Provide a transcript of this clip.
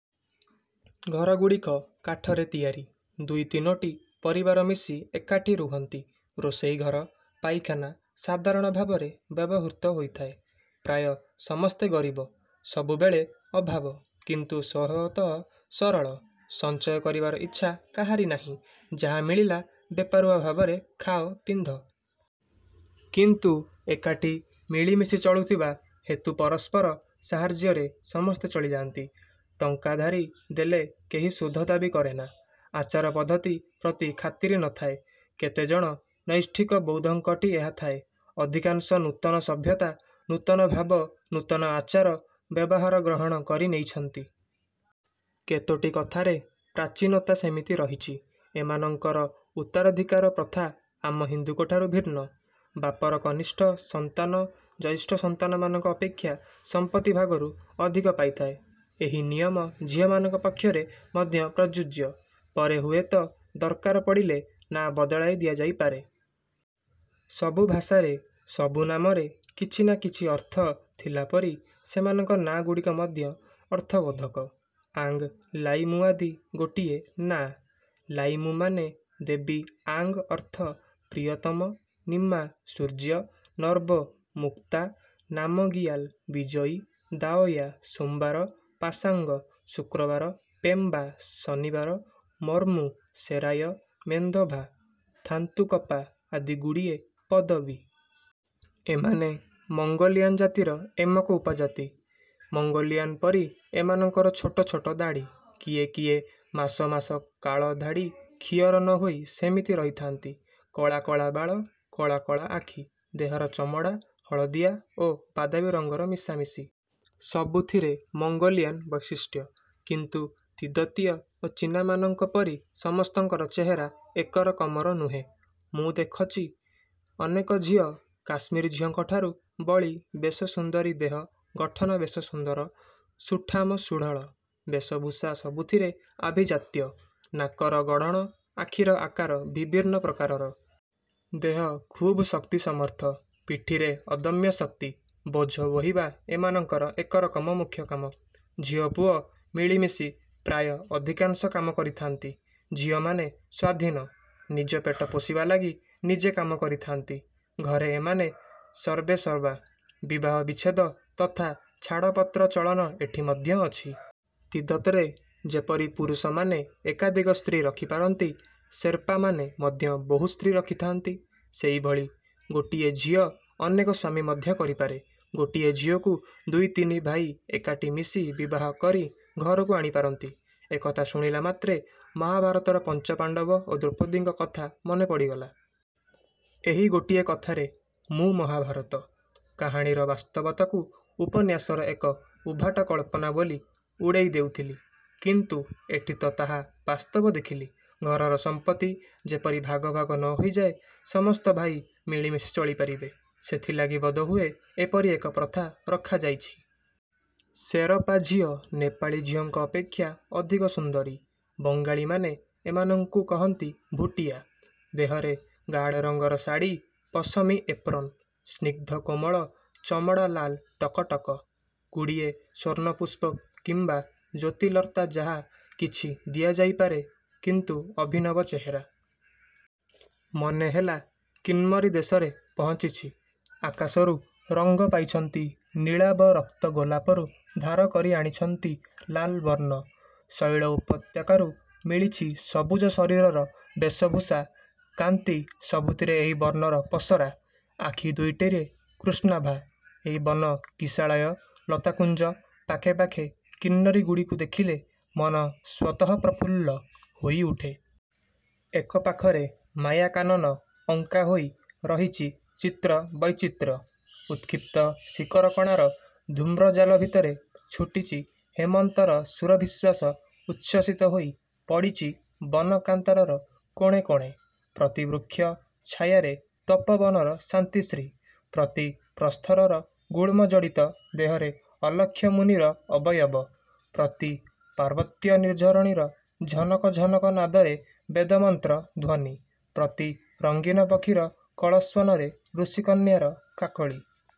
ଘରଗୁଡ଼ିକ କାଠରେ ତିଆରି। ଦୁଇ ତିନୋଟି ପରିବାର ମିଶି ଏକାଠି ରୁହନ୍ତି। ରୋଷେଇ ଘର, ପାଇଖାନା ସାଧାରଣ ଭାବରେ ବ୍ୟବହୃତ ହୋଇଥାଏ। ପ୍ରାୟ ସମସ୍ତେ ଗରିବ। ସବୁବେଳେ ଅଭାବ। କିନ୍ତୁ ସ୍ୱଭାବତଃ ସରଳ। ସଞ୍ଚୟ କରିବାର ଇଚ୍ଛା କାହାରି ନାହିଁ। ଯାହା ମିଳିଲା ବେପରୁଆ ଭାବରେ ଖାଅ, ପିନ୍ଧ। କିନ୍ତୁ ଏକାଠି ମିଳିମିଶି ଚଳୁଥିବା ହେତୁ ପରସ୍ପର ସାହାଯ୍ୟରେ ସମସ୍ତେ ଚଳିଯାଆନ୍ତି। ଟଙ୍କା ଧାରି ଦେଲେ କେହି ସୁଧ ଦାବୀ କରେନା। ଆଚାର ପଦ୍ଧତି ପ୍ରତି ଖାତିରି ନ ଥାଏ। କେତେ ଜଣ ନୈଷ୍ଠିକ ବୌଦ୍ଧଙ୍କଠି ଏହା ଥାଏ। ଅଧିକାଂଶ ନୂତନ ସଭ୍ୟତା, ନୂତନ ଭାବ, ନୂତନ ଆଚାର, ବ୍ୟବହାର ଗ୍ରହଣ କରି ନେଇଛନ୍ତି। କେତୋଟି କଥାରେ ପ୍ରାଚୀନତା ସେମିତି ରହିଛି। ଏମାନଙ୍କର ଉତ୍ତରାଧୀକାର ପ୍ରଥା ଆମ ହିନ୍ଦୁଙ୍କଠାରୁ ଭିନ୍ନ। ବାପର କନିଷ୍ଠ ସନ୍ତାନ ଜ୍ୟେଷ୍ଠ ସନ୍ତାନମାନଙ୍କ ଅପେକ୍ଷା ସମ୍ପତ୍ତି ଭାଗରୁ ଅଧିକ ପାଇଥାଏ। ଏହି ନିୟମ ଝିଅମାନଙ୍କ ପକ୍ଷରେ ମଧ୍ୟ ପ୍ରଯୁଜ୍ୟ। ପରେ ହୁଏତ ଦରକାର ପଡ଼ିଲେ ନା ବଦଳାଇ ଦିଆଯାଇପାରେ। ସବୁ ଭାଷାରେ, ସବୁ ନାମରେ କିଛି ନା କିଛି ଅର୍ଥ ଥିଲାପରି ସେମାନଙ୍କ ନାଁ ଗୁଡ଼ିକ ମଧ୍ୟ ଅର୍ଥବୋଧକ। ଆଙ୍ଗ୍, ଲାଇମୁଆଦି ଗୋଟିଏ ନାଆଁ। ଲାଇମୁମାନେ ଦେବୀ-ଆଙ୍ଗ ଅର୍ଥ ପ୍ରିୟତମ, ନିମା-ସୂର୍ଯ୍ୟ, ନର୍ବୋ-ମୁକ୍ତା, ନାମଗିୟାଲ-ବିଜୟୀ, ଦାଓୟା-ସୋମବାର, ପାସାଙ୍ଗ-ଶୁକ୍ରବାର, ପେମ୍ବା-ଶନିବାର; ମର୍ମୁ, ଶେରାୟ, ମେନ୍ଦଭା, ଥାନ୍ତୁକପା ଆଦି ଗୁଡ଼ିଏ ପଦବୀ। ଏମାନେ ମଙ୍ଗୋଲିଆନ୍ ଜାତିର ଏମକ ଉପଜାତି। ମଙ୍ଗୋଲିଆନ୍ଙ୍କ ପରି ଏମାନଙ୍କର ଛୋଟ ଛୋଟ ଦାଢ଼ୀ। କିଏ କିଏ ମାସ ମାସ କାଳ ଦାଢ଼ୀ କ୍ଷିଅର ନ ହୋଇ ସେମିତି ରହିଥାଆନ୍ତି। କଳା କଳା ବାଳ। କଳା କଳା ଆଖି। ଦେହର ଚମଡ଼ା ହଳଦିଆ ଓ ବାଦାମୀ ରଙ୍ଗର ମିଶାମିଶି। ସବୁଥିରେ ମଙ୍ଗୋଲିଆନ୍ ବୈଶିଷ୍ଟ୍ୟ, କିନ୍ତୁ ତିବ୍ବତୀୟ ଓ ଚୀନାମାନଙ୍କ ପରି ସମସ୍ତଙ୍କର ଚେହେରା ଏକରକମର ନୁହେଁ। ମୁଁ ଦେଖଚି ଅନେକ ଝିଅ କାଶ୍ମିରୀ ଝିଅଙ୍କଠାରୁ ବଳି ବେଶ ସୁନ୍ଦରୀ-ଦେହ ଗଠନ ବେଶ ସୁନ୍ଦର, ସୁଠାମ, ସୁଢ଼ଳ। ବେଶଭୂଷା ସବୁଥିରେ ଆଭିଜାତ୍ୟ। ନାକର ଗଢ଼ଣ, ଆଖିର ଆକାର ବିଭିନ୍ନ ପ୍ରକାରର। ଦେହ ଖୁବ୍ ଶକ୍ତି ସମର୍ଥ। ପିଠିରେ ଅଦମ୍ୟ ଶକ୍ତି। ବୋଝ ବୋହିବା ଏମାନଙ୍କର ଏକରକମ ମୁଖ୍ୟକାମ। ଝିଅ ପୁଅ ମିଳିମିଶି ପ୍ରାୟ ଅଧିକାଂଶ କାମ କରି ଥାଆନ୍ତି। ଝିଅମାନେ ସ୍ୱାଧୀନ। ନିଜ ପେଟ ପୋଷିବା ଲାଗି ନିଜେ କାମ କରିଥାଆନ୍ତି। ଘରେ ଏମାନେ ସର୍ବେସର୍ବା, ବିବାହ ବିଚ୍ଛେଦ ତଥା ଛାଡ଼ପତ୍ର ଚଳନ ଏଠି ମଧ୍ୟ ଅଛି। ତିବ୍ଦତରେ ଯେପରି ପୁରୁଷମାନେ ଏକାଧିକ ସ୍ତ୍ରୀ ରଖିପାରନ୍ତି, ସେର୍ପାମାନେ ମଧ୍ୟ ବହୁ ସ୍ତ୍ରୀ ରଖିଥାଆନ୍ତି। ସେଇଭଳି ଗୋଟିଏ ଝିଅ ଅନେକ ସ୍ୱାମୀ ମଧ୍ୟ କରିପାରେ। ଗୋଟିଏ ଝିଅକୁ ଦୁଇ ତିନି ଭାଇ ଏକାଠି ମିଶି ବିବାହ କରି ଘରକୁ ଆଣିପାରନ୍ତି। ଏକଥା ଶୁଣିଲାମାତ୍ରେ ମହାଭାରତର ପଞ୍ଚପାଣ୍ତବ ଓ ଦ୍ରୌପଦୀଙ୍କ କଥା ମନେ ପଡ଼ିଗଲା। ଏହି ଗୋଟିଏ କଥାରେ ମୁଁ ମହାଭାରତ। କାହାଣୀର ବାସ୍ତବତାକୁ ଉପନ୍ୟାସର ଏକ ଉଦ୍ଭାଟ କଳ୍ପନା ବୋଲି ଉଡ଼େଇ ଦେଉଥିଲି କିନ୍ତୁ ଏଠି ତ ତାହା ବାସ୍ତବ ଦେଖିଲି। ଘରର ସମ୍ପତ୍ତି ଯେପରି ଭାଗ ଭାଗ ନ ହୋଇଯାଏ, ସମସ୍ତ ଭାଇ ମିଳିମିଶି ଚଳି ପାରିବେ, ସେଥିଲାଗି ବୋଧହୁଏ ଏପରି ଏକ ପ୍ରଥା ରଖାଯାଇଛି। ସେରପା ଝିଅ ନେପାଳୀ ଝିଅଙ୍କ ଅପେକ୍ଷା ଅଧିକ ସୁନ୍ଦରୀ। ବଙ୍ଗାଳୀମାନେ ଏମାନଙ୍କୁ କହନ୍ତି ଭୁଟିଆ। ଦେହରେ ଗାଢ଼ ରଙ୍ଗର ଶାଢ଼ି ପଶମୀ 'ଏପ୍ରନ'। ସ୍ନିଗ୍ଧ କୋମଳ ଚମଡ଼ା ଲାଲ ଟକ ଟକ। ଗୁଡ଼ିଏ ସ୍ୱର୍ଣ୍ଣପୁଷ୍ପ କିମ୍ୱା ଜ୍ୟୋତିର୍ଲତା ଯାହା କିଛି ଦିଆଯାଇପାରେ। କିନ୍ତୁ ଅଭିନବ ଚେହେରା। ମନେ ହେଲା କିନ୍ମରୀ ଦେଶରେ ପହଞ୍ଚିଛି। ଆକାଶରୁ ରଙ୍ଗ ପାଇଛନ୍ତି ନୀଳାଭ ରକ୍ତଗୋଲାପରୁ ଧାର କରି ଆଣିଛନ୍ତି ଲାଲବର୍ଣ୍ଣ, ଶୈଳ ଉପତ୍ୟକାରୁ ମିଳିଚି ସବୁଜ ଶରୀରର ବେଶଭୂଷା, କାନ୍ତି ସବୁଥିରେ ଏହି ବର୍ଣ୍ଣର ପସରା। ଆଖି ଦୁଇଟିରେ କୃଷ୍ଣାଭା। ଏହି ବନ କିଶାଳୟ, ଲତାକୁଞ୍ଜ ପାଖେ ପାଖେ କିନ୍ନରୀଗୁଡ଼ିକୁ ଦେଖିଲେ ମନ ସ୍ୱତଃ ପ୍ରଫୁଲ୍ଲ ହୋଇଉଠେ। ଏକ ପାଖରେ ମାୟା କାନନ ଅଙ୍କା ହୋଇ ରହିଛି-ଚିତ୍ର ବୈଚିତ୍ର୍ୟ। ଉତ୍କ୍ଷିପ୍ତ ଶିକରକଣାର ଧୂମ୍ରଜାଲ ଭିତରେ ଛୁଟିଛି ହେମନ୍ତର ସୁରଭିଶ୍ୱାସ-ଉଚ୍ଛ୍ୱସିତ ହୋଇ ପଡ଼ିଚି ବନ କାନ୍ତାରର କୋଣେ କୋଣେ। ପ୍ରତି ବୃକ୍ଷ ଛାୟାରେ ତପୋବନର ଶାନ୍ତିଶ୍ରୀ: ପ୍ରତି ପ୍ରସ୍ତରର ଗୁଳ୍ମଜଡ଼ିତ ଦେହରେ ଅଲକ୍ଷ୍ୟ ମୁନିର ଅବୟବ; ପ୍ରତି ପାର୍ବତ୍ୟ ନିର୍ଝରଣୀର ଝନକ ଝନକ ନାଦରେ ବେଦମନ୍ତ୍ର ଧ୍ୱନି; ପ୍ରତି ରଙ୍ଗୀନ ପକ୍ଷୀର କଳସ୍ୱନରେ ଋଷିକନ୍ୟାର କାକଳୀ।